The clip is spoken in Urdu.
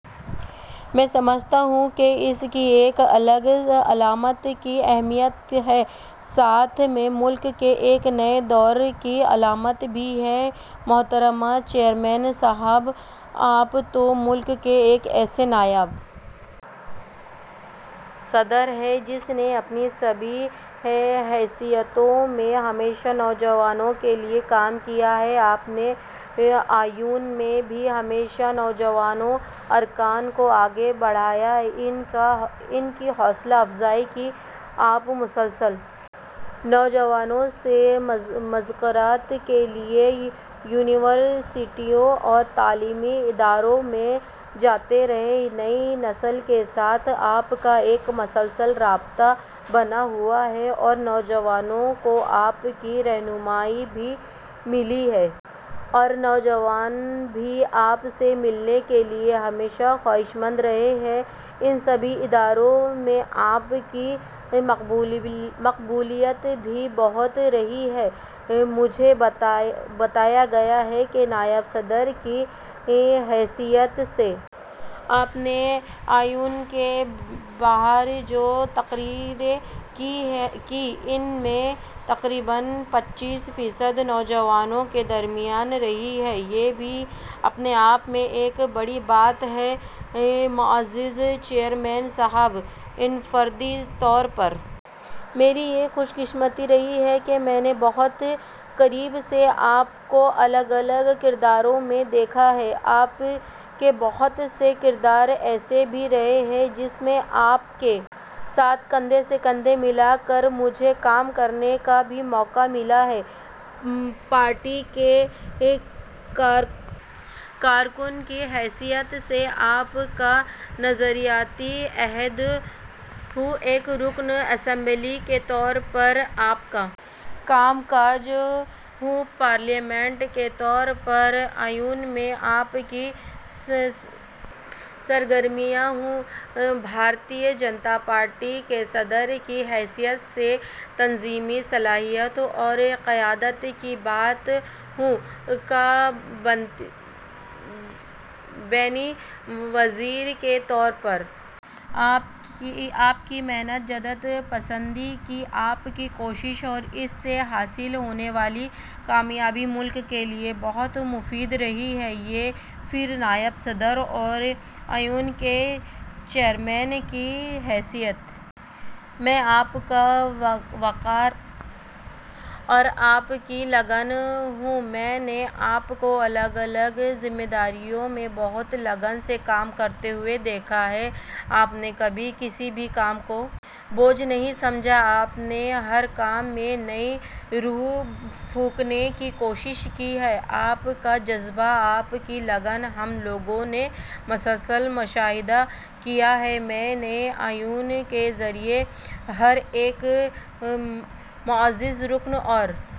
میں سمجھتا ہوں کہ اس کی ایک الگ علامت کی اہمیت ہے ساتھ میں ملک کے ایک نئے دور کی علامت بھی ہے محترم چیئرمین صاحب آپ تو ملک کے ایک ایسے نائب صدر ہیں جس نے اپنی سبھی حیثیتوں میں ہمیشہ نوجوانوں کے لیے کام کیا ہے آپ نے ایوان میں بھی ہمیشہ نوجوان ارکان کو آگے بڑھایا ان کی حوصلہ افزائی کی آپ مسلسل نوجوانوں سے مذاکرات کے لیے یونیورسٹیوں اور تعلیمی اداروں میں جاتے رہے نئی نسل کے ساتھ آپ کا ایک مسلسل رابطہ بنا ہوا ہے اور نوجوانوں کو آپ کی رہنمائی بھی ملی ہے اور نوجوان بھی آپ سے ملنے کے لیے ہمیشہ خواہشمند رہے ہیں ان سبھی اداروں میں آپ کی مقبولیت بھی بہت رہی ہے مجھے بتایا گیا ہے کہ نائب صدر کی حیثیت سے آپ نے ایوان کے باہر جو تقریریں کیں ان میں تقریباً پچیس فیصد نوجوانوں کے درمیان رہی ہیں یہ بھی اپنے آپ میں ایک بڑی بات ہے معزز چیئرمین صاحب انفرادی طور پر میری یہ خوش قسمتی رہی ہے کہ میں نے بہت قریب سے آپ کو الگ الگ کرداروں میں دیکھا ہے آپ کے بہت سے کردار ایسے بھی رہے ہیں جس میں آپ کے ساتھ کندھے سے کندھا ملا کر مجھے کام کرنے کا بھی موقع ملا ہے پارٹی کے کارکن کی حیثیت سے آپ کا نظریاتی عہد ہو ایک رکن اسمبلی کے طور پر آپ کا کام کاج ہو پارلیمنٹ کے طور پر ایوان میں آپ کی سرگرمیاں ہوں بھارتیہ جنتا پارٹی کے صدر کی حیثیت سے تنظیمی صلاحیت اور قیادت کی بات ہو کابینی وزیر کے طور پر آپ کی محنت جدت پسندی کی آپ کی کوشش اور اس سے حاصل ہونے والی کامیابیاں ملک کے لیے بہت مفید رہی ہیں یا پھر نائب صدر اور ایوان کے چیئرمین کی حیثیت میں آپ کا وقار اور آپ کی لگن ہو میں نے آپ کو الگ الگ ذمہ داریوں میں بہت لگن سے کام کرتے ہوئے دیکھا ہے آپ نے کبھی کسی بھی کام کو بوجھ نہیں سمجھا آپ نے ہر کام میں نئی روح پھونکنے کی کوشش کی ہے آپ کا جذبہ آپ کی لگن ہم لوگوں نے مسلسل مشاہدہ کیا ہے میں اس ایوان کے ذریعے ہر ایک معزز رکن اور